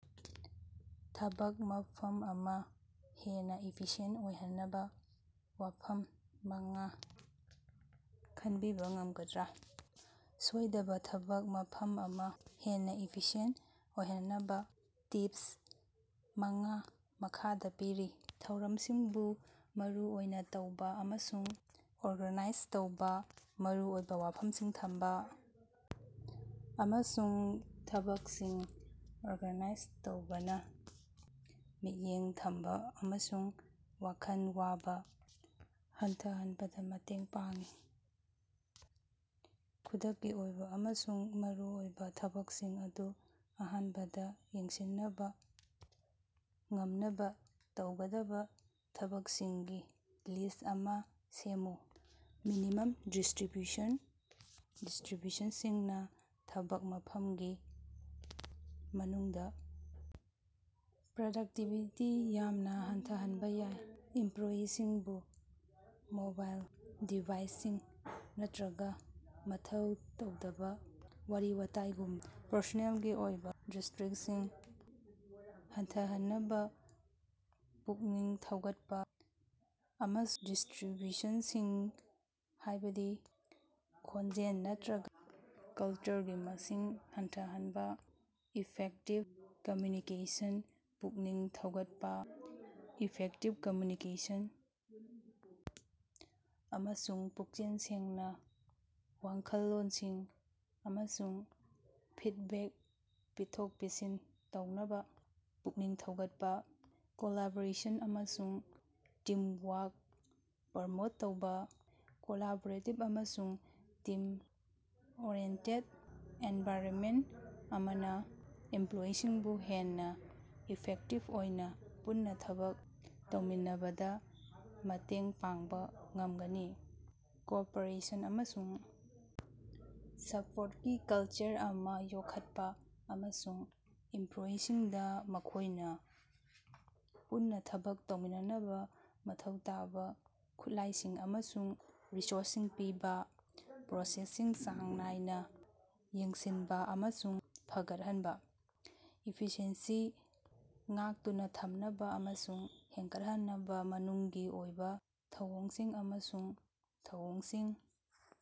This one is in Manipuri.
ꯊꯕꯛ ꯃꯐꯝ ꯑꯃ ꯍꯦꯟꯅ ꯏꯐꯤꯁꯤꯌꯦꯟ ꯑꯣꯏꯍꯟꯅꯕ ꯋꯥꯐꯝ ꯃꯉꯥ ꯈꯟꯕꯤꯕ ꯉꯝꯒꯗ꯭ꯔꯥ? ꯁꯣꯏꯗꯕ ꯊꯕꯛ ꯃꯐꯝ ꯑꯃ ꯍꯦꯟꯅ ꯏꯐꯤꯁꯤꯑꯦꯟꯇ ꯑꯣꯏꯍꯟꯅꯕ ꯇꯤꯄꯁ ꯃꯉꯥ ꯃꯈꯥꯗ ꯄꯤꯔꯤ - ꯊꯧꯔꯝꯁꯤꯡꯕꯨ ꯃꯔꯨ ꯑꯣꯏꯅ ꯂꯧꯕ ꯑꯃꯁꯨꯡ ꯑꯣꯔꯒꯥꯅꯥꯏꯖ ꯇꯧꯕ, ꯃꯔꯨ ꯑꯣꯏꯕ ꯋꯥꯐꯝꯁꯤꯡ ꯊꯝꯕ ꯑꯃꯁꯨꯡ ꯊꯕꯛꯁꯤꯡ ꯑꯣꯔꯒꯥꯅꯥꯏꯖ ꯇꯧꯕꯅ ꯃꯤꯠꯌꯦꯡ ꯊꯝꯕꯥ ꯑꯃꯁꯨꯡ ꯋꯥꯈꯜ ꯋꯥꯕ ꯍꯟꯊꯍꯟꯕꯗ ꯃꯇꯦꯡ ꯄꯥꯡꯏ꯫ ꯈꯨꯗꯛꯀꯤ ꯑꯣꯏꯕ ꯑꯃꯁꯨꯡ ꯃꯔꯨꯑꯣꯏꯕ ꯊꯕꯛꯁꯤꯡ ꯑꯗꯨ ꯑꯍꯥꯟꯕꯗ ꯌꯦꯡꯁꯤꯟꯕ ꯉꯝꯅꯕ ꯇꯧꯒꯗꯕ ꯊꯕꯛꯁꯤꯡꯒꯤ ꯂꯤꯁ꯭ꯠ ꯑꯃ ꯁꯦꯝꯃꯨ꯫ ꯃꯤꯅꯤꯃꯝ ꯗꯤꯁꯇ꯭ꯔꯤꯕ꯭ꯌꯨꯁꯟ - ꯗꯤꯁꯇ꯭ꯔꯤꯛꯇꯁꯤꯡꯅ ꯊꯕꯛ ꯃꯐꯝꯒꯤ ꯃꯅꯨꯡꯗ ꯄ꯭ꯔꯗꯛꯇꯤꯕꯤꯇꯤ ꯌꯥꯝꯅ ꯍꯟꯊꯍꯟꯕ ꯌꯥꯏ꯫ ꯏꯝꯄ꯭ꯂꯣꯌꯤꯁꯤꯡꯕꯨ ꯃꯣꯕꯥꯏꯜ ꯗꯤꯚꯥꯏꯁꯁꯤꯡ ꯅꯠꯇꯔꯒ ꯃꯊꯧ ꯇꯥꯗꯕ ꯋꯥꯔꯤ-ꯋꯥꯇꯥꯏꯒꯨꯝꯕ ꯄꯔꯁꯣꯅꯦꯜꯒꯤ ꯑꯣꯏꯕ ꯗꯤꯁꯇ꯭ꯔꯤꯛꯁꯁꯤꯡ ꯍꯟꯊꯍꯟꯅꯕ ꯄꯨꯛꯅꯤꯡ ꯊꯧꯒꯠꯄ, ꯑꯃꯁꯨꯡ ꯃꯄꯥꯟꯒꯤ ꯗꯤꯁꯇ꯭ꯔꯤꯕ꯭ꯌꯨꯁꯟꯁꯤꯡ ꯍꯥꯏꯕꯗꯤ ꯈꯣꯟꯖꯦꯜ ꯅꯠꯇꯔꯒ ꯀ꯭ꯂꯇꯔꯒꯤ ꯃꯁꯤꯡ ꯍꯟꯊꯍꯟꯕ꯫ ꯏꯐꯦꯛꯇꯤꯕ ꯀꯝꯃ꯭ꯌꯨꯅꯤꯀꯦꯁꯟ ꯄꯨꯛꯅꯤꯡ ꯊꯧꯒꯠꯄ - ꯏꯐꯦꯛꯇꯤꯕ ꯀꯝꯃ꯭ꯌꯨꯅꯤꯀꯦꯁꯟ ꯑꯃꯁꯨꯡ ꯄꯨꯛꯆꯦꯜ ꯁꯦꯡꯅ ꯋꯥꯈꯜꯂꯣꯟꯁꯤꯡ ꯑꯃꯁꯨꯡ ꯐꯤꯗꯕꯦꯛ ꯄꯤꯊꯣꯛ-ꯄꯤꯁꯤꯟ ꯇꯧꯅꯕ ꯄꯨꯛꯅꯤꯡ ꯊꯧꯒꯠꯄ꯫ ꯀꯣꯂꯥꯕꯣꯔꯦꯁꯟ ꯑꯃꯁꯨꯡ ꯇꯤꯝꯋꯥ꯭ꯔꯛ ꯄ꯭ꯔꯃꯣꯠ ꯇꯧꯕꯥ - ꯀꯣꯂꯥꯕꯣꯔꯦꯇꯤꯕ ꯑꯃꯁꯨꯡ ꯇꯤꯝ-ꯑꯣꯔꯤꯑꯦꯟꯇꯦꯗ ꯑꯦꯟꯚꯥꯏꯔꯟꯃꯦꯟꯇ ꯑꯃꯅ ꯏꯝꯄꯂꯣꯌꯤꯁꯤꯡꯕꯨ ꯍꯦꯟꯅ ꯏꯐꯦꯛꯇꯤꯕ ꯑꯣꯏꯅ ꯄꯨꯟꯅ ꯊꯕꯛ ꯇꯧꯃꯤꯟꯅꯕꯗ ꯃꯇꯦꯡ ꯄꯥꯡꯕ ꯉꯝꯒꯅꯤ꯫ ꯀꯣꯑꯣꯄꯔꯦꯁꯟ ꯑꯃꯁꯨꯡ ꯁꯄꯣꯔꯇꯀꯤ ꯀꯜꯆꯔ ꯑꯃ ꯌꯣꯛꯈꯠꯄ, ꯑꯃꯁꯨꯡ ꯏꯝꯄ꯭ꯂꯣꯌꯤꯁꯤꯡꯗ ꯃꯈꯣꯏꯅ ꯄꯨꯟꯅ ꯊꯕꯛ ꯇꯧꯃꯤꯟꯅꯅꯕ ꯃꯊꯧ ꯇꯥꯕ ꯈꯨꯠꯂꯥꯏꯁꯤꯡ ꯑꯃꯁꯨꯡ ꯔꯤꯁꯣꯔꯁꯁꯤꯡ ꯄꯤꯕ꯫ ꯄ꯭ꯔꯣꯁꯦꯁꯁꯤꯡ ꯆꯥꯡ ꯅꯥꯏꯅ ꯌꯦꯡꯁꯤꯟꯕ ꯑꯃꯁꯨꯡ ꯐꯒꯠꯍꯟꯕ - ꯏꯐꯤꯁꯤꯑꯦꯟꯁꯤ ꯉꯥꯛꯇꯨꯅ ꯊꯝꯅꯕ ꯑꯃꯁꯨꯡ ꯍꯦꯟꯒꯠꯍꯟꯅꯕ, ꯃꯅꯨꯡꯒꯤ ꯑꯣꯏꯕ ꯊꯧꯑꯣꯡꯁꯤꯡ ꯑꯃꯁꯨꯡ ꯊꯧꯑꯣꯡꯁꯤꯡ